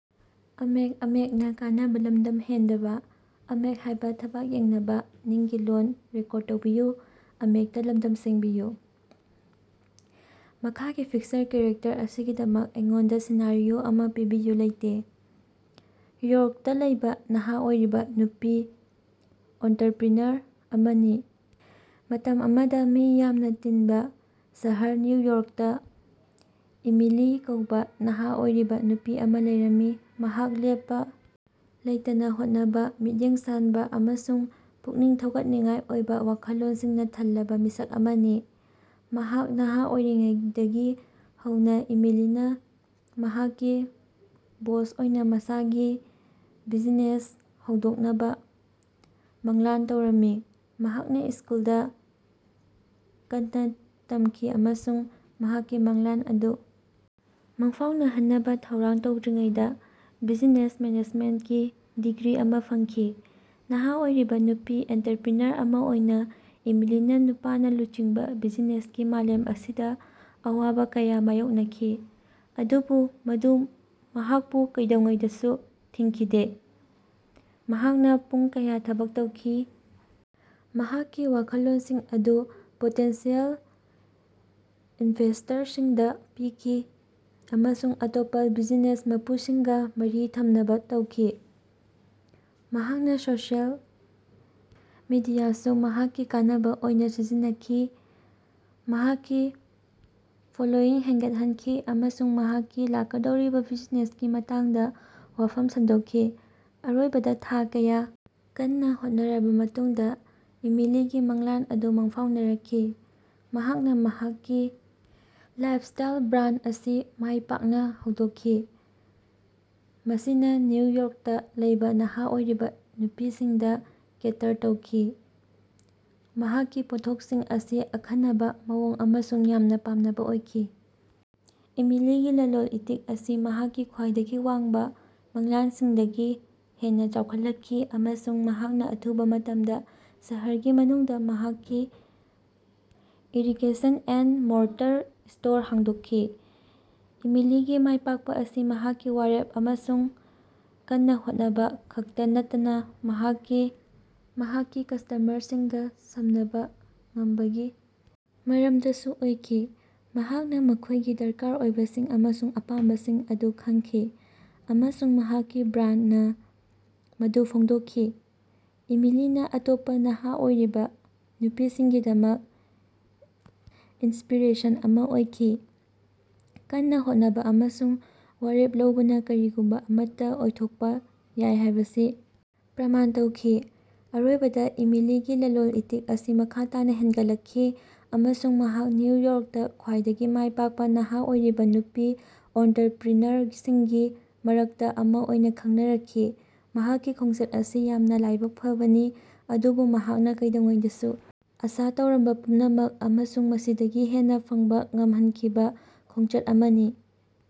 ꯃꯈꯥꯒꯤ fiction character ꯑꯁꯤꯒꯤꯗꯃꯛ ꯑꯩꯉꯣꯟꯗ ꯁꯤꯅꯥꯔꯤꯑꯣ ꯑꯃ ꯄꯤꯕꯤꯌꯨ ꯂꯩꯇꯦ꯫ ꯌꯣꯔꯛꯇ ꯂꯩꯕ ꯅꯍꯥ ꯑꯣꯏꯔꯤꯕ ꯅꯨꯄꯤ ꯑꯣꯟꯇꯔꯄ꯭ꯔꯤꯅꯔ ꯑꯃꯅꯤ꯫ ꯃꯇꯝ ꯑꯃꯗ ꯃꯤ ꯌꯥꯝꯅ ꯇꯤꯟꯕ ꯁꯍꯔ ꯅ꯭ꯌꯨ ꯌꯣꯔꯛꯇ ꯏꯃꯤꯂꯤ ꯀꯧꯕ ꯅꯍꯥ ꯑꯣꯏꯔꯤꯕ ꯅꯨꯄꯤ ꯑꯃ ꯂꯩꯔꯝꯃꯤ꯫ ꯃꯍꯥꯛ ꯂꯦꯞꯄ ꯂꯩꯇꯅ ꯍꯣꯠꯅꯕ, ꯃꯤꯠꯌꯦꯡ ꯁꯥꯟꯕ ꯑꯃꯁꯨꯡ ꯄꯨꯛꯅꯤꯡ ꯊꯧꯒꯠꯅꯤꯡꯉꯥꯏ ꯑꯣꯏꯕ ꯋꯥꯈꯜꯂꯣꯟꯁꯤꯡꯅ ꯊꯜꯂꯕ ꯃꯤꯁꯛ ꯑꯃꯅꯤ꯫ ꯃꯍꯥꯛ ꯅꯍ ꯑꯣꯏꯔꯤꯉꯩꯗꯒꯤ ꯍꯧꯅ ꯏꯃꯤꯂꯤꯅ ꯃꯍꯥꯛꯀꯤ ꯕꯣꯁ ꯑꯣꯏꯅ ꯃꯁꯥꯒꯤ ꯕꯤꯖꯤꯅꯦꯁ ꯍꯧꯗꯣꯛꯅꯕ ꯃꯪꯂꯥꯟ ꯇꯧꯔꯝꯃꯤ꯫ ꯃꯍꯥꯛꯅ ꯁ꯭ꯀꯨꯜꯗ ꯀꯟꯅ ꯇꯝꯈꯤ ꯑꯃꯁꯨꯡ ꯃꯍꯥꯛꯀꯤ ꯃꯪꯂꯥꯟ ꯑꯗꯨ ꯃꯪꯐꯥꯎꯅꯍꯟꯅꯕ ꯊꯧꯔꯥꯡ ꯇꯧꯗ꯭ꯔꯤꯉꯩꯗ ꯕꯤꯖꯤꯅꯦꯁ ꯃꯦꯅꯦꯖꯃꯦꯟꯠꯀꯤ ꯗꯤꯒ꯭ꯔꯤ ꯑꯃ ꯐꯪꯈꯤ꯫ ꯅꯍꯥ ꯑꯣꯏꯔꯤꯕ ꯅꯨꯄꯤ ꯑꯣꯟꯇꯔꯄ꯭ꯔꯤꯅꯔ ꯑꯃ ꯑꯣꯏꯅ ꯏꯃꯤꯂꯤꯅ ꯅꯨꯄꯥꯅ ꯂꯨꯆꯤꯡꯕ ꯕꯤꯖꯤꯅꯦꯁꯀꯤ ꯃꯥꯂꯦꯝ ꯑꯁꯤꯗ ꯑꯋꯥꯕ ꯀꯌꯥ ꯃꯥꯌꯣꯛꯅꯈꯤ꯫ ꯑꯗꯨꯕꯨ ꯃꯗꯨ ꯃꯍꯥꯀꯄꯨ ꯀꯩꯗꯧꯉꯩꯗꯁꯨ ꯊꯤꯡꯈꯤꯗꯦ꯫ ꯃꯍꯥꯛꯅ ꯄꯨꯡ ꯀꯌꯥ ꯊꯕꯛ ꯇꯧꯈꯤ, ꯃꯍꯥꯛꯀꯤ ꯋꯥꯈꯜꯂꯣꯟꯁꯤꯡ ꯑꯗꯨ ꯄꯣꯇꯦꯟꯁꯤꯌꯜ ꯏꯅꯚꯦꯁ꯭ꯇꯔꯁꯤꯡꯗ ꯄꯤꯈꯤ ꯑꯃꯁꯨꯡ ꯑꯇꯣꯞꯄ ꯕꯤꯖꯤꯅꯦꯁ ꯃꯄꯨꯁꯤꯡꯒꯥ ꯃꯔꯤ ꯊꯝꯅꯕ ꯇꯧꯈꯤ꯫ ꯃꯍꯥꯛꯅ ꯁꯣꯁꯤꯌꯦꯜ ꯃꯤꯗꯤꯌꯥꯁꯨ ꯃꯍꯥꯛꯀꯤ ꯀꯥꯟꯅꯕ ꯑꯣꯏꯅ ꯁꯤꯖꯤꯟꯅꯈꯤ, ꯃꯍꯥꯛꯀꯤ ꯐꯣꯂꯣꯋꯤꯡ ꯍꯦꯟꯒꯠꯍꯟꯈꯤ ꯑꯃꯁꯨꯡ ꯃꯍꯥꯛꯀꯤ ꯂꯥꯛꯀꯗꯧꯔꯤꯕ ꯕꯤꯖꯤꯅꯦꯁꯀꯤ ꯃꯇꯥꯡꯗ ꯋꯥꯐꯝ ꯁꯟꯗꯣꯛꯈꯤ꯫ ꯑꯔꯣꯏꯕꯗ ꯊꯥ ꯀꯌꯥ ꯀꯟꯅ ꯍꯣꯠꯅꯔꯕ ꯃꯇꯨꯡꯗ ꯏꯃꯤꯂꯤꯒꯤ ꯃꯪꯂꯥꯟ ꯑꯗꯨ ꯃꯪꯐꯥꯎꯅꯔꯛꯈꯤ꯫ ꯃꯍꯥꯛꯅ ꯃꯍꯥꯛꯀꯤ ꯂꯥꯏꯐꯁ꯭ꯇꯥꯏꯜ ꯕ꯭ꯔꯥꯟꯗ ꯑꯁꯤ ꯃꯥꯏ ꯄꯥꯛꯅ ꯍꯧꯗꯣꯛꯈꯤ, ꯃꯁꯤꯅ ꯅ꯭ꯌꯨ ꯌꯣꯔꯛꯇ ꯂꯩꯕ ꯅꯍꯥ ꯑꯣꯏꯔꯤꯕ ꯅꯨꯄꯤꯁꯤꯡꯗ ꯀꯦꯇꯔ ꯇꯧꯈꯤ꯫ ꯃꯍꯥꯛꯀꯤ ꯄꯣꯠꯊꯣꯛꯁꯤꯡ ꯑꯁꯤ ꯑꯈꯟꯅꯕ, ꯃꯑꯣꯡ ꯑꯃꯁꯨꯡ ꯌꯥꯝꯅ ꯄꯥꯝꯅꯕ ꯑꯣꯏꯈꯤ꯫ ꯏꯃꯤꯂꯤꯒꯤ ꯂꯂꯣꯟ-ꯏꯇꯤꯛ ꯑꯁꯤ ꯃꯍꯥꯛꯀꯤ ꯈ꯭ꯋꯥꯏꯗꯒꯤ ꯋꯥꯡꯕ ꯃꯪꯂꯥꯟꯁꯤꯡꯗꯒꯤ ꯍꯦꯟꯅ ꯆꯥꯎꯈꯠꯂꯛꯈꯤ, ꯑꯃꯁꯨꯡ ꯃꯍꯥꯛꯅ ꯑꯊꯨꯕ ꯃꯇꯝꯗ ꯁꯍꯔꯒꯤ ꯃꯅꯨꯡꯗ ꯃꯍꯥꯛꯀꯤ ꯏꯔꯤꯒꯦꯁꯟ-ꯑꯦꯟꯗ-ꯃꯣꯔꯇꯔ ꯁ꯭ꯇꯣꯔ ꯍꯥꯡꯗꯣꯛꯈꯤ꯫ ꯏꯃꯤꯂꯤꯒꯤ ꯃꯥꯏꯄꯥꯛꯄ ꯑꯁꯤ ꯃꯍꯥꯛꯀꯤ ꯋꯥꯔꯦꯞ ꯑꯃꯁꯨꯡ ꯀꯟꯅ ꯍꯣꯠꯅꯕ ꯈꯛꯇ ꯅꯠꯇꯅ ꯃꯍꯥꯛꯀꯤ ꯀꯁ꯭ꯇꯃꯔꯁꯤꯡꯒ ꯁꯝꯅꯍꯟꯕ ꯉꯝꯕꯒꯤ ꯃꯔꯝꯗꯁꯨ ꯑꯣꯏꯈꯤ꯫ ꯃꯍꯥꯛꯅ ꯃꯈꯣꯏꯒꯤ ꯗꯔꯀꯥꯔ ꯑꯣꯏꯕꯁꯤꯡ ꯑꯃꯁꯨꯡ ꯑꯄꯥꯝꯕꯁꯤꯡ ꯑꯗꯨ ꯈꯪꯈꯤ, ꯑꯃꯁꯨꯡ ꯃꯍꯥꯛꯀꯤ ꯕ꯭ꯔꯥꯟꯗꯅ ꯃꯗꯨ ꯐꯣꯡꯗꯣꯛꯈꯤ꯫ ꯏꯃꯤꯂꯤꯅ ꯑꯇꯣꯞꯄ ꯅꯍꯥ ꯑꯣꯏꯔꯤꯕ ꯅꯨꯄꯤꯁꯤꯡꯒꯤꯗꯃꯛ ꯏꯟꯁꯄꯤꯔꯦꯁꯟ ꯑꯃ ꯑꯣꯏꯈꯤ, ꯀꯟꯅ ꯍꯣꯠꯅꯕ ꯑꯃꯁꯨꯡ ꯋꯥꯔꯦꯞ ꯂꯧꯕꯅ ꯀꯔꯤꯒꯨꯝꯕ ꯑꯃꯠꯇ ꯑꯣꯏꯊꯣꯛꯄ ꯌꯥꯏ ꯍꯥꯏꯕꯁꯤ ꯄ꯭ꯔꯃꯥꯟ ꯇꯧꯈꯤ꯫ ꯑꯔꯣꯏꯕꯗ ꯏꯃꯤꯂꯤꯒꯤ ꯂꯂꯣꯟ-ꯏꯇꯤꯛ ꯑꯁꯤ ꯃꯈꯥ ꯇꯥꯅ ꯍꯦꯟꯒꯠꯂꯛꯈꯤ, ꯑꯃꯁꯨꯡ ꯃꯍꯥꯛ ꯅ꯭ꯌꯨ ꯌꯣꯔꯛꯇ ꯈ꯭ꯕꯥꯏꯗꯒꯤ ꯃꯥꯏ ꯄꯥꯛꯄ ꯅꯍꯥ ꯑꯣꯏꯔꯤꯕ ꯅꯨꯄꯤ ꯑꯣꯟꯇꯔꯄ꯭ꯔꯤꯅꯔꯁꯤꯡꯒꯤ ꯃꯔꯛꯇ ꯑꯃ ꯑꯣꯏꯅ ꯈꯪꯅꯔꯛꯈꯤ꯫ ꯃꯍꯥꯛꯀꯤ ꯈꯣꯡꯆꯠ ꯑꯁꯤ ꯌꯥꯝꯅ ꯂꯥꯏꯕꯛ ꯐꯕꯅꯤ, ꯑꯗꯨꯕꯨ ꯃꯍꯥꯛꯅ ꯀꯩꯗꯧꯉꯩꯗꯁꯨ ꯑꯥꯁꯥ ꯇꯧꯔꯝꯕ ꯄꯨꯝꯅꯃꯛ, ꯑꯃꯁꯨꯡ ꯃꯁꯤꯗꯒꯤ ꯍꯦꯟꯅ ꯐꯪꯕ ꯉꯝꯍꯟꯈꯤꯕ ꯈꯣꯡꯆꯠ ꯑꯃꯅꯤ꯫